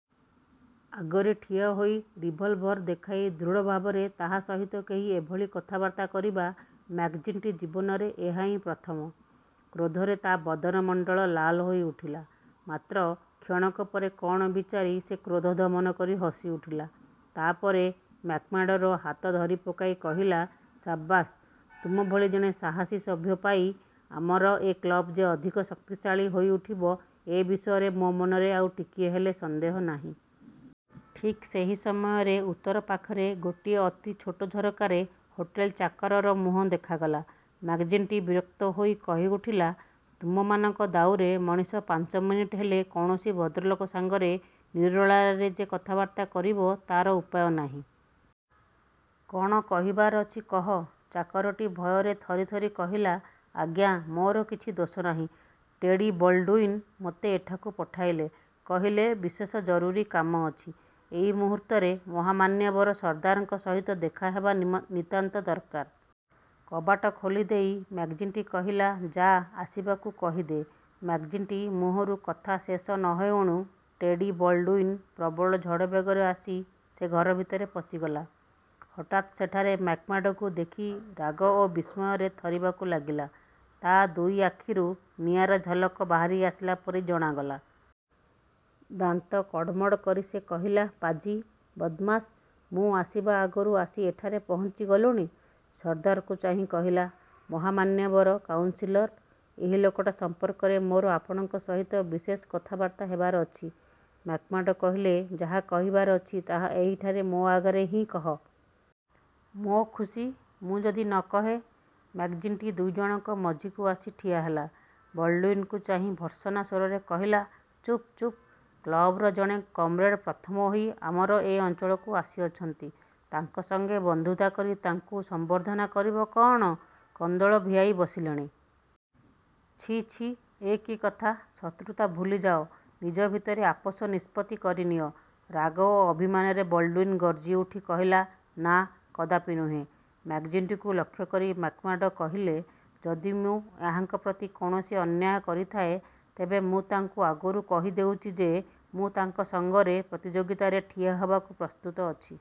'' ଆଗରେ ଠିଆହୋଇ ରିଭଲଭର ଦେଖାଇ ଦୃଢ଼ଭାବରେ ତାହା ସହିତ କେହି ଏଭଳି କଥାବାର୍ତ୍ତା କରିବା ମ୍ୟାକ୍ଜିଣ୍ଟି ଜୀବନରେ ଏହା ହିଁ ପ୍ରଥମ। କ୍ରୋଧରେ ତା ବଦନମଣ୍ଡଳ ଲାଲ ହୋଇଉଠିଲା। ମାତ୍ର କ୍ଷଣକ ପରେ କଅଣ ବିଚାରି ସେ କ୍ରୋଧ ଦମନ କରି ହସିଉଠିଲା। ତା ପରେ ମ୍ୟାକ୍ମାର୍ଡ଼ୋର ହାତ ଧରିପକାଇ କହିଲା, ''ସାବାସ୍, ତୁମ ଭଳି ଜଣେ ସାହସୀ ସଭ୍ୟ ପାଇ ଆମର ଏ କ୍ଳବ ଯେ ଅଧିକ ଶକ୍ତିଶାଳୀ ହୋଇଉଠିବ, ଏ ବିଷୟରେ ମୋ ମନରେ ଆଉ ଟିକିଏ ହେଲେ ସନ୍ଦେହ ନାହିଁ। '' ଠିକ୍ ଏହି ସମୟରେ ଉତ୍ତର ପାଖରେ ଗୋଟିଏ ଅତି ଛୋଟ ଝରକାରେ ହୋଟେଲ ଚାକରର ମୁହଁ ଦେଖାଗଲା। ମ୍ୟାକ୍ଜିଣ୍ଟି ବିରକ୍ତହୋଇ କହିଉଠିଲା, ''ତୁମମାନଙ୍କ ଦାଉରେ ମଣିଷ ପାଞ୍ଚ ମିନିଟ୍ ହେଲେ କୌଣସି ଭଦ୍ରଲୋକ ସାଙ୍ଗରେ ନିରୋଳାରେ ଯେ କଥାବାର୍ତ୍ତା କରିବ, ତାର ଉପାୟ ନାହିଁ। କଅଣ କହିବାର ଅଛି? କହ। '' ଚାକରଟି ଭୟରେ ଥରିଥରି କହିଲା, ''ଆଜ୍ଞା, ମୋର କିଛି ଦୋଷ ନାହିଁ। ଟେଡ଼ି ବଲ୍ଡ଼ୁଇନ ମୋତେ ଏଠାକୁ ପଠାଇଲେ। କହିଲେ, ବିଶେଷ ଜରୁରୀ କାମ ଅଛି, ଏହି ମୁହୂର୍ତ୍ତରେ ମହାମାନ୍ୟବର ସର୍ଦ୍ଦାରଙ୍କ ସହିତ ତାଙ୍କର ଦେଖାହେବା ନିତାନ୍ତ ଦରକାର। '' କବାଟ ଖୋଲିଦେଇ ମ୍ୟାକ୍ଜିଣ୍ଟି କହିଲା, ''ଯା, ଆସିବାକୁ କହିଦେ। '' ମ୍ୟାକ୍ଜିଣ୍ଟି ମୁହଁରୁ କଥା ଶେଷ ନ ହେଉଣୁ ଟେଡ଼ି ବଲ୍ଡ଼ୁଇନ ପ୍ରବଳ ଝଡ଼ବେଗରେ ଆସି ସେ ଘରଭିତରେ ପଶିଗଲା। ହଠାତ୍ ସେଠାରେ ମ୍ୟାକ୍ମାର୍ଡ଼ୋଙ୍କୁ ଦେଖି ରାଗ ଓ ବିସ୍ମୟରେ ଥରିବାକୁ ଲାଗିଲା। ତା ଦୁଇ ଆଖିରୁ ନିଆଁର ଝଲକ ବାହାରି ଆସିଲା ପରି ଜଣାଗଲା। ଦାନ୍ତ କଡ଼ମଡ଼ କରି ସେ କହିଲା, ''ପାଜି, ବଦମାସ୍! ମୁଁ ଆସିବା ଆଗରୁ ଆସି ଏଠାରେ ପହଞ୍ଚିଗଲୁଣି? '' ସର୍ଦ୍ଦାରକୁ ଚାହିଁ କହିଲା, ''ମହାମାନ୍ୟବର କାଉନ୍ସିଲର, ଏହି ଲୋକଟା ସମ୍ପର୍କରେ ମୋର ଆପଣଙ୍କ ସହିତ ବିଶେଷ କଥାବାର୍ତ୍ତା ହେବାର ଅଛି। '' ମ୍ୟାକ୍ମାର୍ଡ଼ୋ କହିଲେ, ''ଯାହା କହିବାର ଅଛି, ତାହା ଏହିଠାରେ ମୋ ଆଗରେ ହିଁ କହ। '' ''ମୋ ଖୁସି, ମୁଁ ଯଦି ନ କହେ? '' ମ୍ୟାକ୍ଜିଣ୍ଟି ଦୁଇ ଜଣଙ୍କ ମଝିକୁ ଆସି ଠିଆହେଲା। ବଲ୍ଡ଼ୁଇନକୁ ଚାହିଁ ଭତ୍ସର୍ନାସ୍ୱରରେ କହିଲା, ''ଚୁପ୍ ଚୁପ୍, କ୍ଳବର ଜଣେ କମ୍ରେଡ଼ ପ୍ରଥମ ହୋଇ ଆମର ଏ ଅଞ୍ଚଳକୁ ଆସିଅଛନ୍ତି। ତାଙ୍କ ସଙ୍ଗେ ବନ୍ଧୁତା କରି ତାଙ୍କୁ ସମ୍ବର୍ଦ୍ଧନା କରିବ କଅଣ, କନ୍ଦଳ ଭିଆଇ ବସିଲେଣି। ଛି, ଛି, ଏ କି କଥା-? ଶତ୍ରୁତା ଭୁଲିଯାଅ। ନିଜ ଭିତରେ ଆପୋଷ ନିଷ୍ପତ୍ତି କରିନିଅ। '' ରାଗ ଓ ଅଭିମାନରେ ବଲ୍ଡ଼ୁଇନ ଗର୍ଜିଉଠି କହିଲା, ''ନା, କଦାପି ନୁହେଁ। '' ମ୍ୟାକ୍ଜିଣ୍ଟିକୁ ଲକ୍ଷ୍ୟକରି ମ୍ୟାକ୍ମାର୍ଡ଼ୋ କହିଲେ, ''ଯଦି ମୁଁ ଏହାଙ୍କ ପ୍ରତି କୌଣସି ଅନ୍ୟାୟ କରିଥାଏ, ତେବେ ମୁଁ ତାଙ୍କୁ ଆଗରୁ କହି ଦେଉଛି ଯେ, ମୁଁ ତାଙ୍କ ସଙ୍ଗରେ ପ୍ରତିଯୋଗିତାରେ ଠିଆହେବାକୁ ପ୍ରସ୍ତୁତ ଅଛି।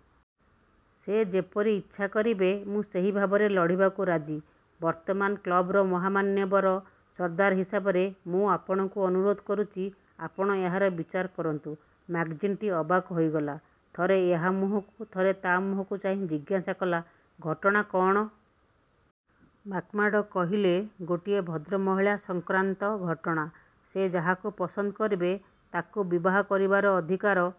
ସେ ଯେପରି ଇଚ୍ଛା କରିବେ, ମୁଁ ସେହି ଭାବରେ ଲଢ଼ିବାକୁ ରାଜି। ବର୍ତ୍ତମାନ କ୍ଳବର ମହାମାନ୍ୟବର ସର୍ଦ୍ଦାର ହିସାବରେ ମୁଁ ଆପଣଙ୍କୁ ଅନୁରୋଧ କରୁଛି, ଆପଣ ଏହାର ବିଚାର କରନ୍ତୁ। '' ମ୍ୟାକ୍ଜିଣ୍ଟି ଅବାକ୍ ହୋଇଗଲା। ଥରେ ଏହା ମୁହଁକୁ ଓ ଥରେ ତା ମୁହଁକୁ ଚାହିଁ ଜିଜ୍ଞାସା କଲା, ''ଘଟଣା କଅଣ? '' ମ୍ୟାକ୍ମାର୍ଡ଼ୋ କହିଲେ, ''ଗୋଟିଏ ଭଦ୍ରମହିଳା ସଂକ୍ରାନ୍ତ ଘଟଣା। ସେ ଯାହାକୁ ପସନ୍ଦ କରିବେ, ତାକୁ ବିବାହ କରିବାର ଅଧିକାର